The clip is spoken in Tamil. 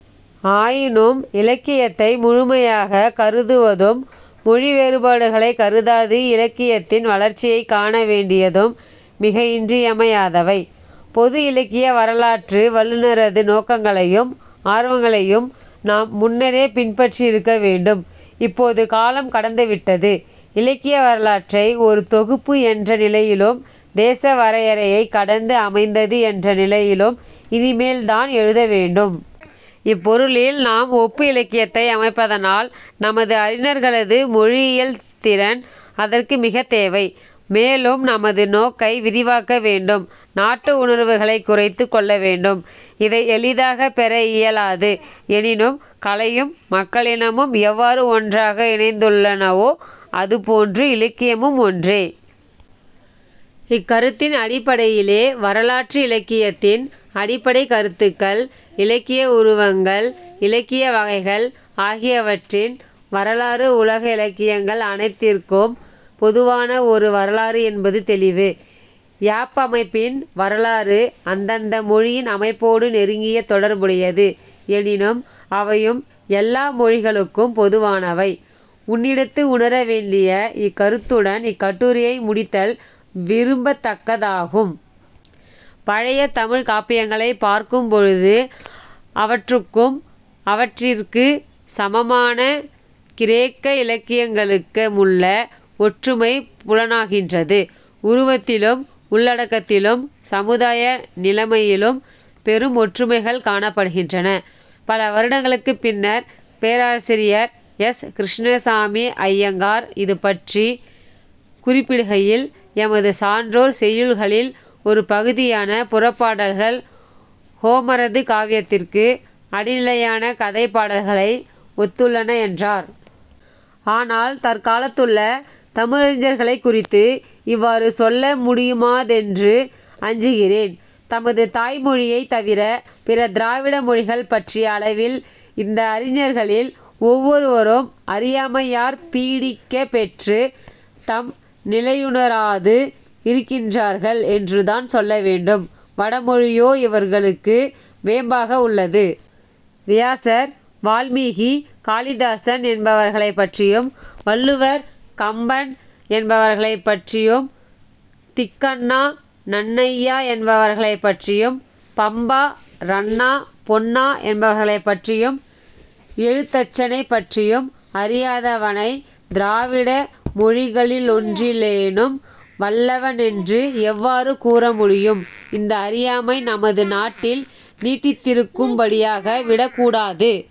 ஆயினும் இலக்கியத்தை முழுமையாகக் கருதுவதும் மொழி வேறுபாடுகளைக் கருதாது இலக்கியத்தின் வளர்ச்சியைக் காண வேண்டியதும் மிக இன்றியமையாதவை. பொது இலக்கிய வரலாற்று வல்லுநரது நோக்கங்களையும் ஆர்வங்களையும் நாம் முன்னரே பின்பற்றியிருக்க வேண்டும். இப்போது காலம் கடந்து விட்டது. இலக்கிய வரலாற்றை ஒரு தொகுப்பு என்ற நிலையிலும் தேச வரையறையைக் கடந்து அமைந்தது என்ற நிலையிலும் இனிமேல் தான் எழுத வேண்டும். இப்பொருளில் நாம் ஒப்பு இலக்கியத்தை அமைப்பதனால் நமது அறிஞர்களது மொழியியல் திறன் அதற்கு மிகத் தேவை. மேலும் நமது நோக்கை விரிவாக்க வேண்டும். நாட்டு உணர்வுகளைக் குறைத்துக் கொள்ள வேண்டும். இதை எளிதாகப் பெற இயலாது. எனினும் கலையும் மக்களினமும் எவ்வாறு ஒன்றாக இணைந்துள்ளனவோ அது போன்று இலக்கியமும் ஒன்றே. இக்கருத்தின் அடிப்படையிலே வரலாற்று இலக்கியத்தின் அடிப்படைக் கருத்துக்கள், இலக்கிய உருவங்கள், இலக்கிய வகைகள் ஆகியவற்றின் வரலாறு உலக இலக்கியங்கள் அனைத்திற்கும் பொதுவான ஒரு வரலாறு என்பது தௌிவு. யாப்பமைப்பின் வரலாறு அந்தந்த மொழியின் அமைப்போடு நெருங்கிய தொடர்புடையது. எனினும் அவையும் எல்லா மொழிகளுக்கும் பொதுவானவை.... " உன்னிடத்து உணர வேண்டிய இக்கருத்துடன் இக்கட்டுரையை முடித்தல் விரும்பத்தக்கதாகும். "பழைய தமிழ்க் காப்பியங்களைப் பார்க்கும் பொழுது, அவற்றுக்கும் அவற்றிற்குச் சமமான கிரேக்க இலக்கியங்களுக்க முள்ள ஒற்றுமை புலனாகின்றது. உருவத்திலும், உள்ளடக்கத்திலும், சமுதாய நிலைமையிலும் பெரும் ஒற்றுமைகள் காணப்படுகின்றன. " பல வருடங்களுக்குப் பின்னர் பேராசிாியர் எஸ். கிருஷ்ணசாமி ஐயங்கார் இதுபற்றிக் குறிப்பிடுகையில், எமது சான்றோர் செய்யுள்களில் ஒரு பகுதியான புறப்பாடல்கள் ஹோமரது காவியத்திற்கு அடிநிலையான கதைப் பாடல்களை ஒத்துள்ளன என்றார். ஆனால், தற்காலத்துள்ள தமிழறிஞர்களைக் குறித்து இவ்வாறு சொல்ல முடியுமாதென்று அஞ்சுகிறேன். தமது தாய் மொழியைத் தவிர, பிற திராவிட மொழிகள் பற்றிய அளவில், இந்த அறிஞர்களில் ஒவ்வொருவரும் அறியாமையாற் பீடிக்கப் பெற்று, தம் நிலையுணராது இருக்கின்றார்கள் என்றுதான் சொல்ல வேண்டும். வட மொழியோ இவர்களுக்கு வேம்பாக உள்ளது. வியாசர், வால்மீகி, காளிதாசன் என்பவர்களைப் பற்றியும், வள்ளுவர், கம்பன் என்பவர்களைப் பற்றியும், திக்கண்ணா, நன்னய்யா என்பவர்களைப் பற்றியும், பம்பா, ரன்னா, பொன்னா என்பவர்களைப் பற்றியும், எழுத்தச்சனைப் பற்றியும், அறியாதவனைத் திராவிட மொழிகளிலொன்றிலேனும் வல்லவனென்று எவ்வாறு கூற முடியும்? இந்த அறியாமை நமது நாட்டில் நீடித்திருக்கும்படியாக விடக்கூடாது.